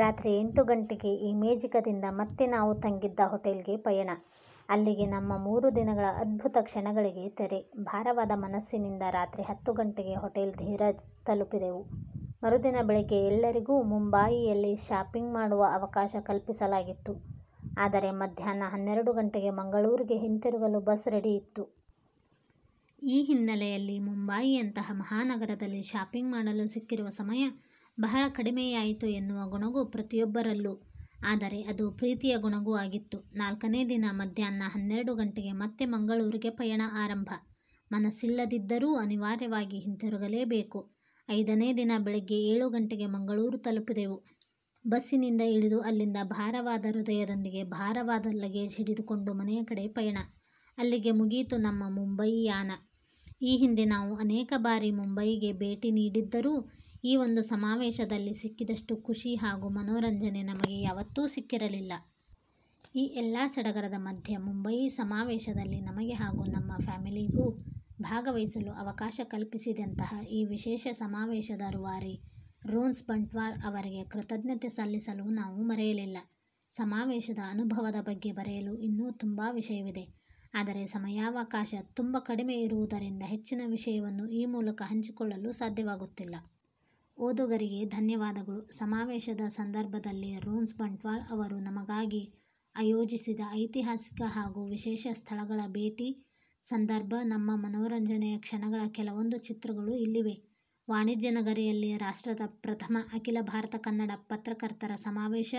ರಾತ್ರಿ ಎಂಟು ಗಂಟೆಗೆ ಇಮೇಜಿಕದಿಂದ ಮತ್ತೆ ನಾವು ತಂಗಿದ್ದ ಹೊಟೇಲ್ಗೆ ಪಯಣ. ಅಲ್ಲಿಗೆ ನಮ್ಮ ಮೂರುದಿನಗಳ ಅದ್ಭುತ ಕ್ಷಣಗಳಿಗೆ ತೆರೆ. ಬಾರವಾದ ಮನಸ್ಸಿನಿಂದ ರಾತ್ರಿ ಹತ್ತು ಗಂಟೆಗೆ ಹೊಟೇಲ್ ಧೀರಜ್ ತಲುಪಿದೆವು ಮರುದಿನ ಬೆಳಿಗ್ಗೆ ಎಲ್ಲರಿಗೂ ಮುಂಬಾಯಿಯಲ್ಲಿ ಶಾಪಿಂಗ್ ಮಾಡುವ ಅವಕಾಶ ಕಲ್ಪಿಸಲಾಗಿತ್ತು ಆದರೆ ಮಧ್ಯಾಹ್ನ ಹನ್ನೆರಡು ಗಂಟೆಗೆ ಮಂಗಳೂರಿಗೆ ಹಿಂತಿರುಗಲು ಬಸ್ ರೆಡಿ ಇತ್ತು. ಈ ಹಿನ್ನೆಲೆಯಲ್ಲಿ ಮುಂಬಾಯಿಯಂತಹ ಮಹಾನಗರದಲ್ಲಿ ಶಾಪಿಂಗ್ ಮಾಡಲು ಸಿಕ್ಕಿರುವ ಸಮಯ ಬಹಳ ಕಡಿಮೆಯಾಯಿತು ಎನ್ನುವ ಗೊಣಗು ಪ್ರತಿಯೊಬ್ಬರಲ್ಲೂ ಆದರೆ ಅದು ಪ್ರೀತಿಯ ಗೊಣಗು ಆಗಿತ್ತು.. ನಾಲ್ಕನೆ ದಿನ ಮಧ್ಯಾಹ್ನ ಹನ್ನೆರಡು ಗಂಟೆಗೆ ಮತ್ತೆ ಮಂಗಳೂರಿಗೆ ಪಯಣ ಆರಂಭ ಮನಸ್ಸಿಲ್ಲದಿದ್ದರೂ ಅನಿವಾರ್ಯವಾಗಿ ಹಿಂತಿರುಗಲೇ ಬೇಕು ಐದನೇ ದಿನ ಬೆಳಿಗ್ಗೆ ಏಳು ಗಂಟೆಗೆ ಮಂಗಳೂರು ತಲುಪಿದೆವು ಬಸ್ಸಿನಿಂದ ಇಳಿದು ಅಲ್ಲಿಂದ ಭಾರವಾದ ಹೃದಯದೊಂದಿಗೆ ಭಾರವಾದ ಲಗೇಜ್ ಹಿಡಿದುಕೊಂಡು ಮನೆಯ ಕಡೆ ಪಯಣ ಅಲ್ಲಿಗೆ ಮುಗಿಯಿತು ನಮ್ಮ ಮುಂಬಯಿ ಯಾನ ಈ ಹಿಂದೆ ನಾವು ಅನೇಕ ಬಾರಿ ಮುಂಬಯಿಗೆ ಬೇಟಿ ನೀಡಿದ್ದರೂ ಈ ಒಂದು ಸಮಾವೇಶದಲ್ಲಿ ಸಿಕ್ಕಿದಷ್ಟು ಖುಷಿ ಹಾಗೂ ಮನೋರಂಜನೆ ನಮಗೆ ಯಾವತ್ತೂ ಸಿಕ್ಕಿರಲಿಲ್ಲ. ಈ ಎಲ್ಲಾ ಸಡಗರದ ಮಧ್ಯೆ ಮುಂಬಯಿ ಸಮಾವೇಶದಲ್ಲಿ ನಮಗೆ ಹಾಗೂ ನಮ್ಮ ಫ್ಯಾಮಿಲಿಗೂ ಭಾಗವಹಿಸಲು ಅವಕಾಶ ಕಲ್ಪಿಸಿದಂತಹ ಈ ವಿಶೇಷ ಸಮಾವೇಶದ ರೂವಾರಿ ರೋನ್ಸ್ ಬಂಟ್ವಾಳ್ ಅವರಿಗೆ ಕೃತಜ್ಞತೆ ಸಲ್ಲಿಸಲು ನಾವು ಮರೆಯಲಿಲ್ಲ. ಸಮಾವೇಶದ ಅನುಭವದ ಬಗ್ಗೆ ಬರೆಯಲು ಇನ್ನೂ ತುಂಬಾ ವಿಷಯವಿದೆ. ಆದರೆ ಸಮಯಾವಕಾಶ ತುಂಬ ಕಡಿಮೆ ಇರುವುದರಿಂದ ಹೆಚ್ಚಿನ ವಿಷಯವನ್ನು ಈ ಮೂಲಕ ಹಂಚಿಕೊಳ್ಳಲು ಸಾದ್ಯವಾಗುತಿಲ್ಲ. ಓದುಗರಿಗೆ ಧನ್ಯವಾದಗಳು. ಸಮಾವೇಶದ ಸಂದರ್ಭದಲ್ಲಿ ರೋನ್ಸ್ ಬಂಟ್ವಾಳ್ ಅವರು ನಮಗಾಗಿ ಅಯೋಜಿಸಿದ ಐತಿಹಾಸಿಕ ಹಾಗೂ ವಿಶೇಷ ಸ್ಥಳಗಳ ಬೇಟಿ ಸಂದರ್ಭ ನಮ್ಮ ಮನೋರಂಜನೆಯ ಕ್ಷಣಗಳ ಕೆಲವೊಂದು ಚಿತ್ರಗಳು ಇಲ್ಲಿವೆ. ವಾಣಿಜ್ಯ ನಗರಿಯಲ್ಲಿ ರಾಷ್ಟ್ರದ ಪ್ರಥಮ ಅಖಿಲ ಭಾರತ ಕನ್ನಡ ಪತ್ರಕರ್ತರ ಸಮಾವೇಶ: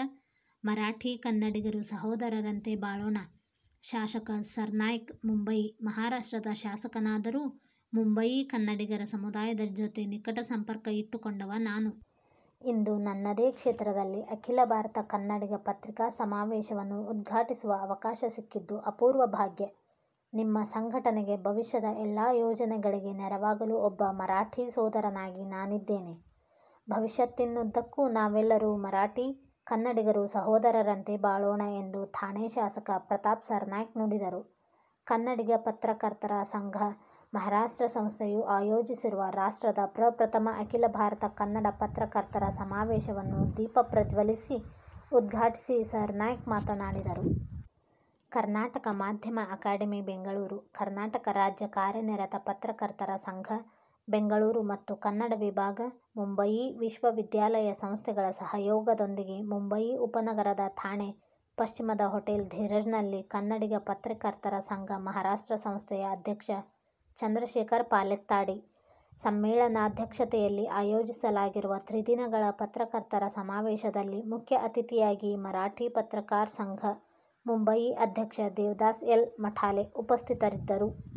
ಮರಾಠಿ-ಕನ್ನಡಿಗರು ಸಹೋದರರಂತೆ ಬಾಳೋಣ: ಶಾಸಕ ಸರ್ನಾಯ್ಕ್ ಮುಂಬಯಿ: ಮಹಾರಾಷ್ಟ್ರದ ಶಾಸಕನಾದರೂ ಮುಂಬಯಿ ಕನ್ನಡಿಗರ ಸಮುದಾಯದ ಜೊತೆ ನಿಕಟ ಸಂಪರ್ಕ ಇಟ್ಟು ಕೊಂಡವ ನಾನು. ಇಂದು ನನ್ನದೇ ಕ್ಷೇತ್ರದಲ್ಲಿ ಅಖಿಲಭಾರತ ಕನ್ನಡಿಗ ಪತ್ರಿಕಾ ಸಮಾವೇಶವನ್ನು ಉದ್ಘಾಟಿಸುವ ಅವಕಾಶಸಿಕ್ಕಿದ್ದು ಅಪೂರ್ವ ಭಾಗ್ಯ. ನಿಮ್ಮ ಸಂಘಟನೆಗೆ ಭವಿಷ್ಯದ ಎಲ್ಲಾ ಯೋಜನೆಗಳಿಗೆ ನೆರವಾಗಲು ಒಬ್ಬ ಮರಾಠಿಸೋದರನಾಗಿ ನಾನಿದ್ದೇನೆ. ಭವಿಷ್ಯತ್ತಿನ್ನುದ್ದಕ್ಕೂ ನಾವೆಲ್ಲರೂ ಮರಾಠಿ-ಕನ್ನಡಿಗರು ಸಹೋದರರಂತೆ ಬಾಳೋಣ ಎಂದು ಥಾಣೆ ಶಾಸಕ ಪ್ರತಾಪ್ ಸರ್ನಾಯ್ಕ್ ನುಡಿದರು. ಕನ್ನಡಿಗ ಪತ್ರಕರ್ತರ ಸಂಘ ಮಹಾರಾಷ್ಟ್ರ ಸಂಸ್ಥೆಯು ಆಯೋಜಿಸಿರುವ ರಾಷ್ಟ್ರದ ಪ್ರಪ್ರಥಮ ಅಖಿಲ ಭಾರತ ಕನ್ನಡ ಪತ್ರಕರ್ತರ ಸಮಾವೇಶವನ್ನು ದೀಪ ಪ್ರಜ್ವಲಿಸಿ ಉದ್ಘಾಟಿಸಿ ಸರ್ನಾಯ್ಕ್ ಮಾತನಾಡಿದರು. ಕರ್ನಾಟಕ ಮಾಧ್ಯಮ ಅಕಾಡೆಮಿ ಬೆಂಗಳೂರು, ಕರ್ನಾಟಕ ರಾಜ್ಯ ಕಾರ್ಯನಿರತ ಪತ್ರಕರ್ತರ ಸಂಘ ಬೆಂಗಳೂರು ಮತ್ತು ಕನ್ನಡ ವಿಭಾಗ ಮುಂಬಯಿ ವಿಶ್ವವಿದ್ಯಾಲಯ ಸಂಸ್ಥೆಗಳ ಸಹಯೋಗದೊಂದಿಗೆ ಮುಂಬಯಿ ಉಪನಗರದ ಥಾಣೆ ಪಶ್ಚಿಮದ ಹೊಟೇಲ್ ಧೀರಜ್ನಲ್ಲಿ ಕನ್ನಡಿಗ ಪತ್ರಕರ್ತರ ಸಂಘ ಮಹಾರಾಷ್ಟ್ರ ಸಂಸ್ಥೆಯ ಅಧ್ಯಕ್ಷ ಚಂದ್ರಶೇಖರ ಪಾಲೆತ್ತಾಡಿ ಸಮ್ಮೇಳನಾಧ್ಯಕ್ಷತೆಯಲ್ಲಿ ಆಯೋಜಿಸಲಾಗಿರುವ ತ್ರಿದಿನಗಳ ಪತ್ರಕರ್ತರ ಸಮಾವೇಶದಲ್ಲಿ ಮುಖ್ಯ ಅತಿಥಿಯಾಗಿ ಮರಾಠಿ ಪತ್ರಕಾರ್ ಸಂಘ ಮುಂಬಯಿ ಅಧ್ಯಕ್ಷ ದೇವದಾಸ್ ಎಲ್. ಮಠಾಲೆ ಉಪಸ್ಥಿತರಿದ್ದರು.